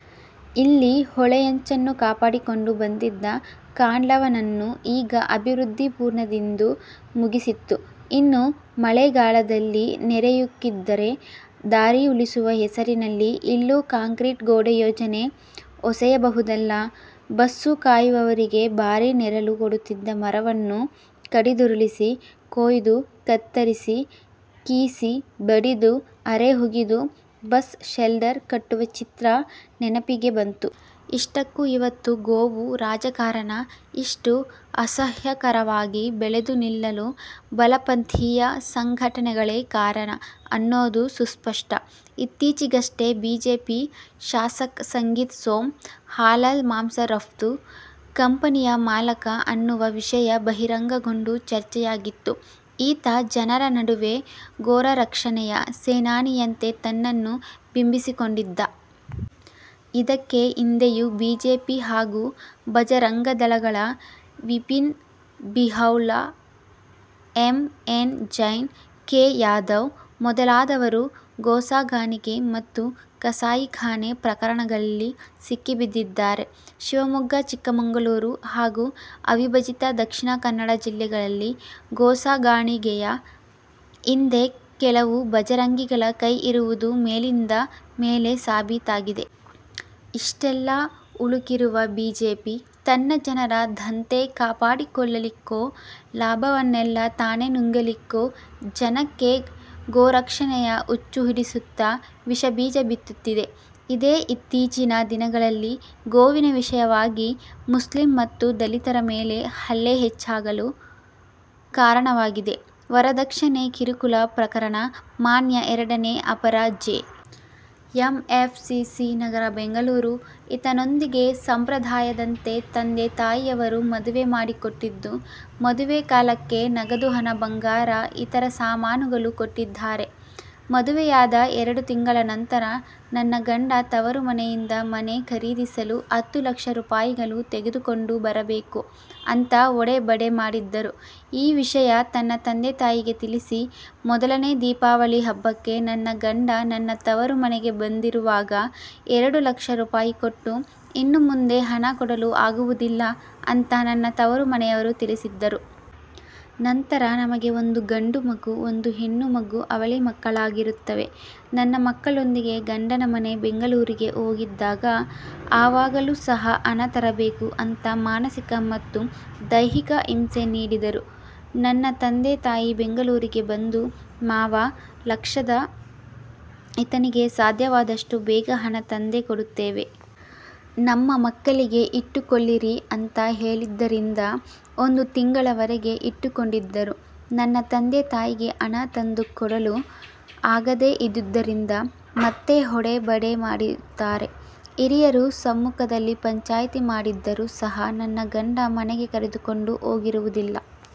ಇಲ್ಲಿ ಹೊಳೆಯಂಚನ್ನು ಕಾಪಾಡಿಕೊಂಡು ಬಂದಿದ್ದ ಕಾಂಡ್ಲಾವನನ್ನು ಈಗ 'ಅಭಿವೃದ್ಧಿ' ಪೂರ್ಣ ತಿಂದು ಮುಗಿಸಿತ್ತು. ಇನ್ನು ಮಳೆಗಾಲದಲ್ಲಿ ನೆರೆಯುಕ್ಕಿದರೆ 'ದಾರಿ ಉಳಿಸುವ' ಹೆಸರಿನಲ್ಲಿ ಇಲ್ಲೂ ಕಾಂಕ್ರೀಟ್ ಗೋಡೆ ಯೋಜನೆ ಹೊಸೆಯಬಹುದಲ್ಲ. ಬಸ್ಸು ಕಾಯುವವರಿಗೆ ಭಾರೀ ನೆರಳು ಕೊಡುತ್ತಿದ್ದ ಮರವನ್ನು ಕಡಿದುರುಳಿಸಿ, ಕೊಯ್ದು, ಕತ್ತರಿಸಿ, ಕೀಸಿ, ಬಡಿದು, ಅರೆ ಹುಗಿದು 'ಬಸ್ ಶೆಲ್ಟರ್' ಕಟ್ಟುವ ಚಿತ್ರ ನೆನಪಿಗೆ ಬಂತು. ಇಷ್ಟಕ್ಕೂ ಇವತ್ತು ಗೋವು ರಾಜಕಾರಣ ಇಷ್ಟು ಅಸಹ್ಯಕರವಾಗಿ ಬೆಳೆದು ನಿಲ್ಲಲು ಬಲಪಂಥೀಯ ಸಂಘಟನೆಗಳೇ ಕಾರಣ ಅನ್ನೋದು ಸುಸ್ಪಷ್ಟ. ಇತ್ತೀಚೆಗಷ್ಟೆ ಬಿಜೆಪಿ ಶಾಸಕ ಸಂಗೀತ್ ಸೋಮ್, ಹಲಾಲ್ ಮಾಂಸ ರಫ್ತು ಕಂಪನಿಯ ಮಾಲಕ ಅನ್ನುವ ವಿಷಯ ಬಹಿರಂಗಗೊಂಡು ಚರ್ಚೆಯಾಗಿತ್ತು. ಈತ ಜನರ ನಡುವೆ ಗೋರಕ್ಷಣೆಯ ಸೇನಾನಿಯಂತೆ ತನ್ನನ್ನು ಬಿಂಬಿಸಿಕೊಂಡಿದ್ದ! ಇದಕ್ಕೆ ಹಿಂದೆಯೂ ಬಿಜೆಪಿ ಹಾಗೂ ಭಜರಂಗದಳಗಳ Vipin Bilauha, M N Jain, K. Yadav ಮೊದಲಾದವರು ಗೋಸಾಗಾಣಿಕೆ ಮತ್ತು ಕಸಾಯಿಖಾನೆ ಪ್ರಕರಣಗಳಲ್ಲಿ ಸಿಕ್ಕಿಬಿದ್ದಿದ್ದಾರೆ. ಶಿವಮೊಗ್ಗ, ಚಿಕ್ಕಮಗಳೂರು ಹಾಗೂ ಅವಿಭಜಿತ ದಕ್ಷಿಣ ಕನ್ನಡ ಜಿಲ್ಲೆಗಳಲ್ಲಿ ಗೋಸಾಗಾಣಿಕೆಯ ಹಿಂದೆ ಕೆಲವು ಭಜರಂಗಿಗಳ ಕೈ ಇರುವುದು ಮೇಲಿಂದ ಮೇಲೆ ಸಾಬೀತಾಗಿದೆ. ಇಷ್ಟೆಲ್ಲ ಹುಳುಕಿರುವ ಬಿಜೆಪಿ, ತನ್ನ ಜನರ ಧಂಧೆ ಕಾಪಾಡಿಕೊಳ್ಳಲಿಕ್ಕೋ ಲಾಭವನ್ನೆಲ್ಲ ತಾನೇ ನುಂಗಲಿಕ್ಕೋ, ಜನಕ್ಕೆ 'ಗೋರಕ್ಷಣೆಯ' ಹುಚ್ಚು ಹಿಡಿಸುತ್ತಾ ವಿಷಬೀಜ ಬಿತ್ತುತ್ತಿದೆ. ಇದೇ ಇತ್ತೀಚಿನ ದಿನಗಳಲ್ಲಿ ಗೋವಿನ ವಿಷಯವಾಗಿ ಮುಸ್ಲಿಮ್ ಮತ್ತು ದಲಿತರ ಮೇಲೆ ಹಲ್ಲೆ ಹೆಚ್ಚಾಗಲು ಕಾರಣವಾಗಿದೆ. ವರದಕ್ಷಿಣೆ ಕಿರುಕುಳ ಪ್ರಕರಣ:ಮಾನ್ಯ ಎರಡನೇ ಅಪರ J. M. F. C. C. ನಗರ ಬೆಂಗಳೂರು ಇತನೊಂದಿಗೆ ಸಂಪ್ರದಾಯದಂತೆ ತಂದೆ ತಾಯಿಯವರು ಮದುವೆ ಮಾಡಿಕೊಟ್ಟಿದ್ದು, ಮದುವೆ ಕಾಲಕ್ಕೆ ನಗದು ಹಣ ಬಂಗಾರ ಇತರೆ ಸಾಮಾನುಗಳು ಕೊಟ್ಟಿರುತ್ತಾರೆ. ಮದುವೆಯಾದ ಎರಡು ತಿಂಗಳ ನಂತರ ನನ್ನ ಗಂಡ ತವರು ಮನೆಯಿಂದ ಮನೆ ಖರೀದಿಸಲು ಹತ್ತು ಲಕ್ಷ ರೂಪಾಯಿಗಳು ತೆಗೆದುಕೊಂಡು ಬರಬೇಕು ಅಂತಾ ಹೊಡೆಬಡೆ ಮಾಡಿದ್ದರು, ಈ ವಿಷಯ ತನ್ನ ತಂದೆ ತಾಯಿಗೆ ತಿಳಿಸಿ, ಮೊದಲನೇ ದೀಪಾವಳಿ ಹಬ್ಬಕ್ಕೆ ನನ್ನ ಗಂಡ ನನ್ನ ತವರು ಮನೆಗೆ ಬಂದಿರುವಾಗ ಎರಡು ಲಕ್ಷ ರೂಪಾಯಿ ಕೊಟ್ಟು, ಇನ್ನೂ ಮುಂದೆ ಹಣ ಕೊಡಲು ಆಗುವದಿಲ್ಲ ಅಂತಾ ನನ್ನ ತವರು ಮನೆಯವರು ತಿಳಿಸಿದ್ದರು. ನಂತರ ನಮಗೆ ಒಂದು ಗಂಡು ಮಗು ಒಂದು ಹೆಣ್ಣು ಮಗು ಅವಳಿ ಮಕ್ಕಳಾಗಿರುತ್ತವೆ. ನನ್ನ ಮಕ್ಕಳೊಂದಿಗೆ ಗಂಡನ ಮನೆ ಬೆಂಗಳೂರಿಗೆ ಹೋಗಿದ್ದಾಗ ಆವಾಗಲೂ ಸಹ ಹಣ ತರಬೇಕು ಅಂತಾ ಮಾನಸಿಕ ಮತ್ತು ದೈಹಿಕ ಹಿಂಸೆ ನೀಡಿದರೂ. ನನ್ನ ತಂದೆ ತಾಯಿ ಬೆಂಗಳೂರಿಗೆ ಬಂದು ಮಾವ ಲಕ್ಷಣ ಇತನಿಗೆ ಸಾದ್ಯವಾದಷ್ಟು ಬೇಗ ಹಣ ತಂದೆ ಕೊಡುತ್ತೇವೆ. ನಮ್ಮ ಮಗಳಿಗೆ ಇಟ್ಟುಕೊಳ್ಳಿರಿ ಅಂತಾ ಹೇಳಿದ್ದರಿಂದ ಒಂದು ತಿಂಗಳವರೆಗೆ ಇಟ್ಟುಕೊಂಡಿದ್ದರು. ನನ್ನ ತಂದೆ ತಾಯಿಗೆ ಹಣ ತಂದು ಕೊಡಲು ಆಗದೇ ಇದ್ದುದರಿಂದ, ಮತ್ತೆ ಹೊಡೆ ಬಡೆ ಮಾಡಿರುತ್ತಾರೆ. ಹಿರಿಯರ ಸಮ್ಮುಖದಲ್ಲಿ ಪಂಚಾಯಿತಿ ಮಾಡಿದ್ದರು ಸಹ ನನ್ನ ಗಂಡ ಮನೆಗೆ ಕರೆದುಕೊಂಡು ಹೋಗಿರುವದಿಲ್ಲ.